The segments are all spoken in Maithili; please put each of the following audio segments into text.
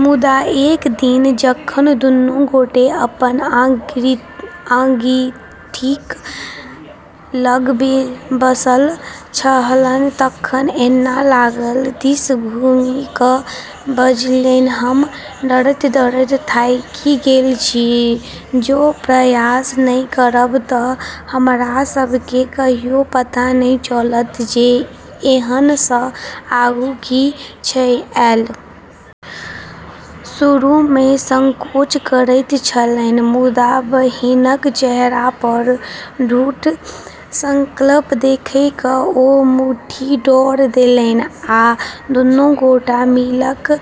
मुदा एक दिन जखन दुनू गोटे अपन अंगीठी लग बैसल छलाह तखन एना एला दिस घुमि कऽ बजलीह, हम डरैत-डरैत थाकि गेल छी । जँ प्रयासो नहि करब तऽ हमरा सभ केँ कहियो पता नहि चलत जे एहि सँ आगू की अछि ।एला शुरू मे संकोच करैत छलीह, मुदा बहिनक चेहरा पर दृढ़ संकल्प देखि ओ मुड़ी डोला देलनि आ दुनू गोटे मिलिकय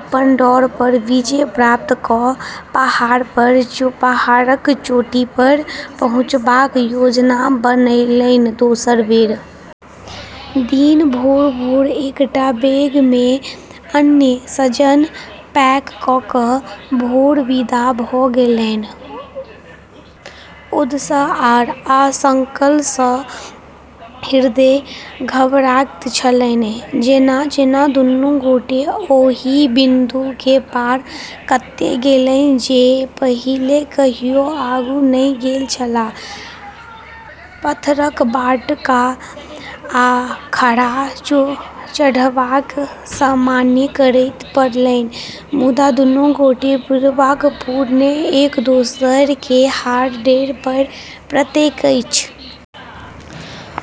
अपन डर पर विजय प्राप्त कऽ पहाड़क चोटी पर पहुँचबाक योजना बनौलनि ।दोसर दिन भोरे-भोर एकटा बैग मे अन्न-सज्जा पैक कऽ कऽ भोरे विदा भऽ गेलाह, उत्साह आ आशंका सँ हृदय धड़कैत छलनि। जेना-जेना दुनू गोटे ओहि बिन्दु केँ पार करैत गेलाह जे पहिने कहियो आगू नहि गेल छल, पाथरक बाट आ खड़ा चढ़ाईक सामना करय पड़लनि, मुदा दुनू गोटे दृढ़तापूर्वक एक-दोसर केँ हर डेग पर प्रोत्साहित करैत रहलाह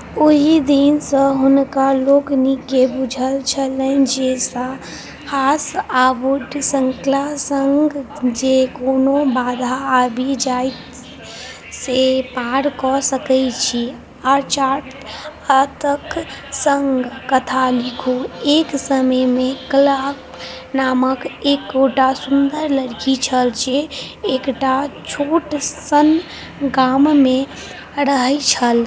। ओहि दिन सँ हुनका लोकनि केँ बुझल छलनि जे साहस आ दृढ़ संकल्पक संग जे कोनो बाधा आबि जायत से पार कऽ सकैत छथि। आश्चर्यक अंतक संग कथा लिखू। एक समय मे क्लारा नामक एकटा सुन्दर लड़की छल जे एकटा छोट सन गाम मे रहैत छल।